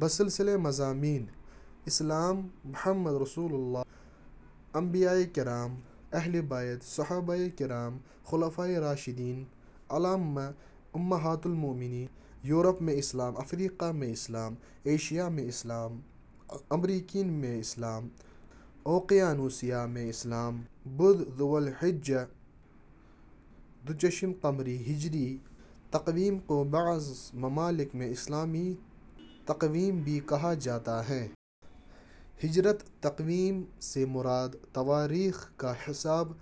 بسلسلہ مضامین: اسلام محمد رسول اللہ انبیائے کرام اہل بیت صحابائے کرام خلفائے راشدین الائمہ امہات المؤمنین یورپ میں اسلام افریقا میں اسلام ایشیا میں اسلام امریکین میں اسلام اوقیانوسیا میں اسلام بدھ ذوالحجہ ھ قمری ہجری تقویم کو بعض ممالک میں اسلامی تقویم بھی کہا جاتا ہے۔ ہجری تقویم سے مراد تواریخ کا حساب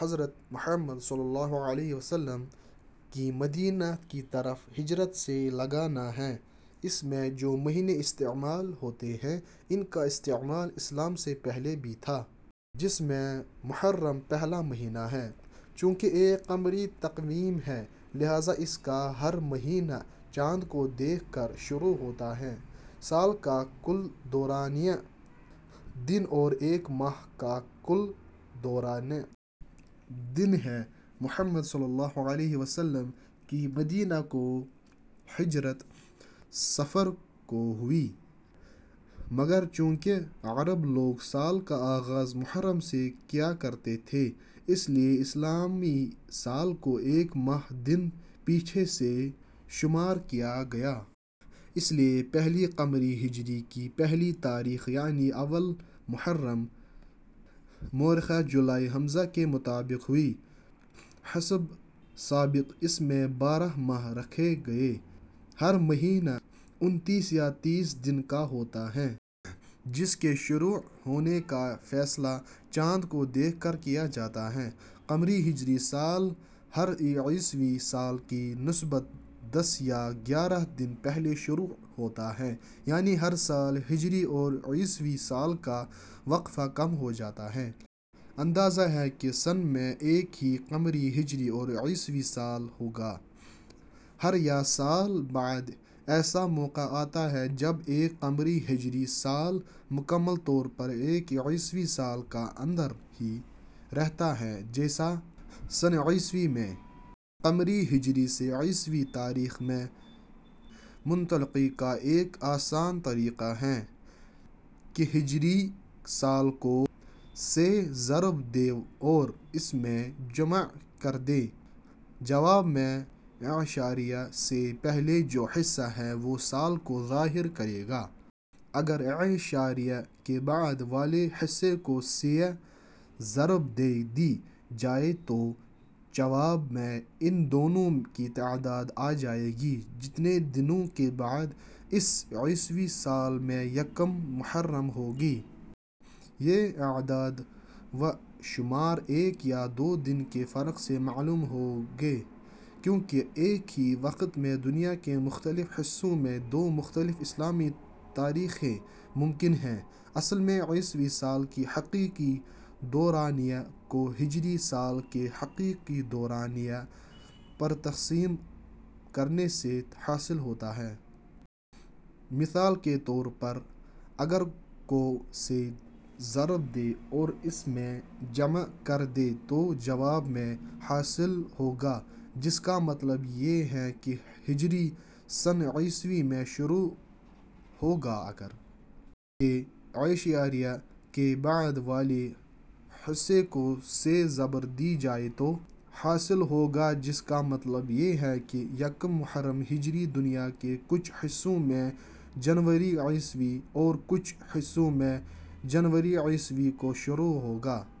حضرت محمد صلی اللہ علیہ و آلہ وسلم کی مدینہ کی طرف ہجرت سے لگانا ہے۔ اس میں جو مہینے استعمال ہوتے ہیں ان کا استعمال اسلام سے پہلے بھی تھا۔ جس میں سے محرم پہلا مہینہ ہے۔ چونکہ ایک قمری تقویم ہے لہذا اس کا ہر مہینہ چاند کو دیکھ کر شروع ہوتا ہے۔ سال کا کل دورانیہ. دن اور ایک ماہ کا کل دورانیہ. دن ہے۔ محمد صلی اللہ علیہ و آلہ وسلم کی مدینہ کو ہجرت صفر کو ہوئی۔ مگر چونکہ عرب لوگ سال کا آغاز محرم سے کیا کرتے تھے اس لیے اسلامی سال کو ایک ماہ دن پیچھے سے شمارکیا گیا۔ اس لیے پہلی قمری ہجری کی پہلی تاریخ یعنی اول محرم مؤرخہ جولائی ء کے مطابق ہوئی۔ حسب سابق اس میں بارہ ماہ رکھے گئے۔ ہر مہینہ انتیس یا تیس دن کا ہوتا ہے۔ جس کے شروع ہونے کا فیصلہ چاند کو دیکھ کر کیا جاتا ہے۔ قمری ہجری سال ہر عیسوی سال کی نسبت دس یا گیارہ دن پہلے شروع ہوتا ہے یعنی ہر سال ہجری اور عیسوی سال کا وقفہ کم ہو جاتا ہے۔ اندازہ ہے کہ سن میں ایک ہی قمری ہجری اور عیسوی سال ہوگا۔ ہر یا سال بعد ایسا موقع آتا ہے جب ایک قمری ہجری سال مکمل طور پر ایک عیسوی سال کا اندر ہی رہتا ہے جیسا سن عیسوی میں۔ قمری ہجری سے عیسوی تاریخ میں منتقلی کا ایک آسان طریقہ یہ ہے کہ ہجری سال کو. سے ضرب دیں اور اس میں. جمع کر دیں۔ جواب میں اعشاریہ سے پہلے جو حصہ ہے وہ سال کو ظاہر کرے گا۔ اگر اعشاریہ کے بعد والے حصے کو سے ضرب دے دی جائے تو جواب میں ان دنوں کی تعداد آ جائے گی جتنے دنوں کے بعد اس عیسوی سال میں یکم محرم ہوگی۔ یہ اعداد و شمار ایک یا دو دن کے فرق سے معلوم ہوں گے کیونکہ ایک ہی وقت میں دنیا کے مختلف حصوں میں دو مختلف اسلامی تاریخیں ممکن ہیں۔. اصل میں عیسوی سال کے حقیقی دورانیہ کو ہجری سال کے حقیقی دورانیہ پرتقسیم کرنے سے حاصل ہوتا ہے۔ مثال کے طور پر اگر کو. سے ضرب دیں اور اس میں. جمع کر دیں تو جواب میں. حاصل ہوگا جس کا مطلب یہ ہے کہ ہجری سن عیسوی میں شروع ہوگا۔ اگر. کے اعشاریہ کے بعد والے حصے کو سے ضرب دی جائے تو حاصل ہوگا جس کا مطلب یہ ہے کہ یکم محرم ہجری دنیا کے کچھ حصوں میں جنوری عیسوی اور کچھ حصوں میں جنوری عیسوی کو شروع ہوگا۔